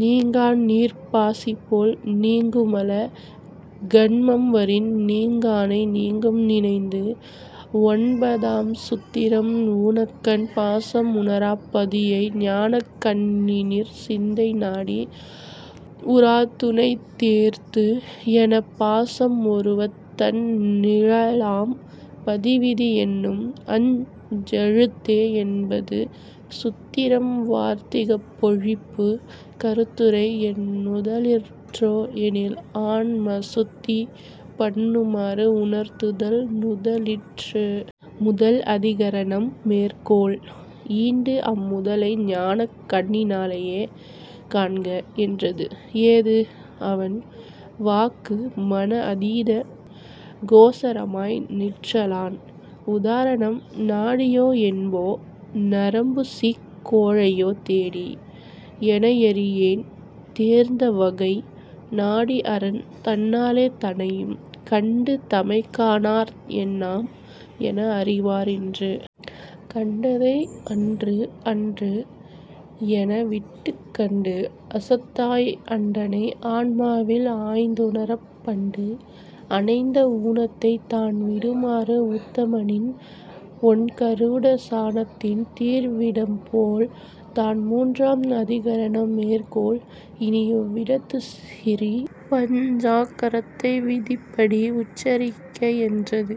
நீங்கான்நீர்ப் பாசிபோல் நீங்குமல கன்மம்வரின் நீங்கானை நீங்கும் நினைந்து. ஒன்பதாம் சுத்திரம் ஊனக்கண் பாசம் உணராப் பதியை ஞானக் கண்ணினிற் சிந்தை நாடி உராத்துனைத் தேர்த்து எனப் பாசம் ஒருவத் தண் நிழலாம் பதிவிதி எண்ணும் அஞ் செழுத்தே என்பது சுத்திரம் வார்த்திகப் பொழிப்பு கருத்துரை: என் நுதலிற்றோ எனின், ஆன்மசுத்தி பண்ணுமாறு உணர்த்துதல் நுதலிற்று. முதல் அதிகரணம் மேற்கோள்: ஈண்டு, அம்முதலை ஞானக் கண்ணினாலேயே காண்க என்றது. ஏது: அவன் வாக்கு மன அதீத கோசரமாய் நிற்றலான். உதாரணம்: நாடியோ என்போ நரம்புசீக் கோழையோ தேடி எனையறியேன் தேர்ந்தவகை -- நாடி அரன் தன்னாலே தனையும் கண்டு தமைக்காணார் என்னாம் என அறிவார் இன்று. கண்டதை அன்று அன்று எனவிட்டுக் கண்டு அசத்தாய் அண்டனை ஆன்மாவில் ஆய்ந்துணரப் -- பண்டு அணைந்த ஊனத்தை தான்விடுமாறு உத்தமனின் ஒண்கருட சானத்தின் தீர்விடம்போல் தான்.. மூன்றாம் அதிகரணம் மேற்கோள்: இனி, இவ்விடத்து சிறீ பஞ்சாக்கரத்தை விதிப்படி உச்சரிக்க என்றது.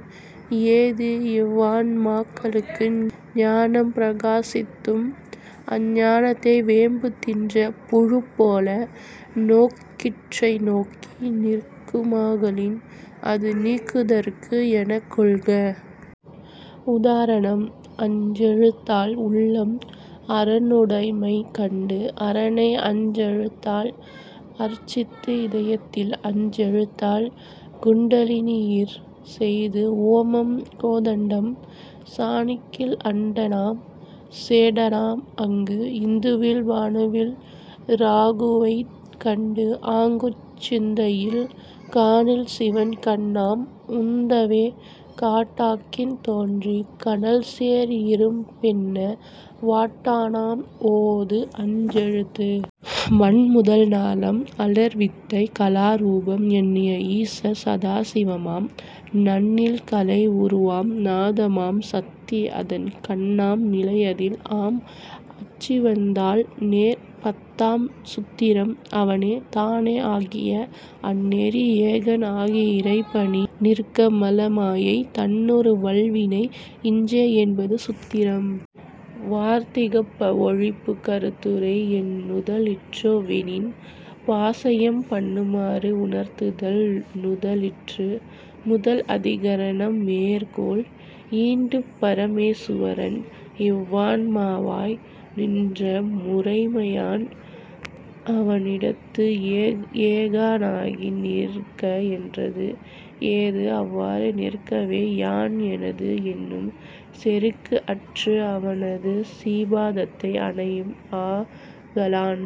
ஏது: இவ்வான்மாக்களுக்கு ஞானம் பிரகாசித்தும் அஞ்ஞானத்தை வேம்பு தின்ற புழுப்போல நோக்கிற்றைநோக்கி நிற்குமாகலின் அது நீக்குதற்கு எனக் கொள்க. உதாரணம்: அஞ்செழுத்தால் உள்ளம் அரனுடைமை கண்டு அரனை அஞ்செழுத்தால் அர்ச்சித்து இதயத்தில் -- அஞ்செழுத்தால் குண்டலினியிற் செய்து ஓமம் கோதண்டம் சானிக்கில் அண்டனாம் சேடனாம் அங்கு. இந்துவில் பானுவில் இராகுவைக் கண்டுஆங்குச் சிந்தையில் காணில் சிவன் கண்ணாம் -- உந்தவே காட்டாக்கின் தோன்றி கனல்சேர் இரும்பென்ன வாட்டானாம் ஓது அஞ்செழுத்து. மண்முதல் நாளம் அலர் வித்தை கலாரூபம் எண்ணிய ஈசர் சதாசிவமாம் -- நண்ணில் கலை உருவாம் நாதமாம் சத்தி அதன் கண்ணாம் நிலைஅதில் ஆம் அச்சிவன்தாள், நேர். பத்தாம் சுத்திரம் அவனே தானே ஆகிய அந்நெறி ஏகன் ஆகி இறைபணி நிற்க மலமாயை தன்னொடு வல்வினை இன்றே என்பது சுத்திரம். வார்த்திகப் பஒழிப்பு கருத்துரை: என் நுதலிற்றோ வெனின், பாசயம் பண்ணுமாறு உணர்த்துதல் நுதலிற்று.: முதல் அதிகரணம் மேற்கோள்: ஈண்டுப் பரமேசுவரன் இவ்வான்மாவாய் நின்ற முறைமையான் அவனிடத்து ஏகானாகி நிற்கஎன்றது. ஏது: அவ்வாறு நிற்கவே யான் எனது என்னும் செருக்கு அற்று அவனது சீபாதத்தை அணையும் ஆகலான்.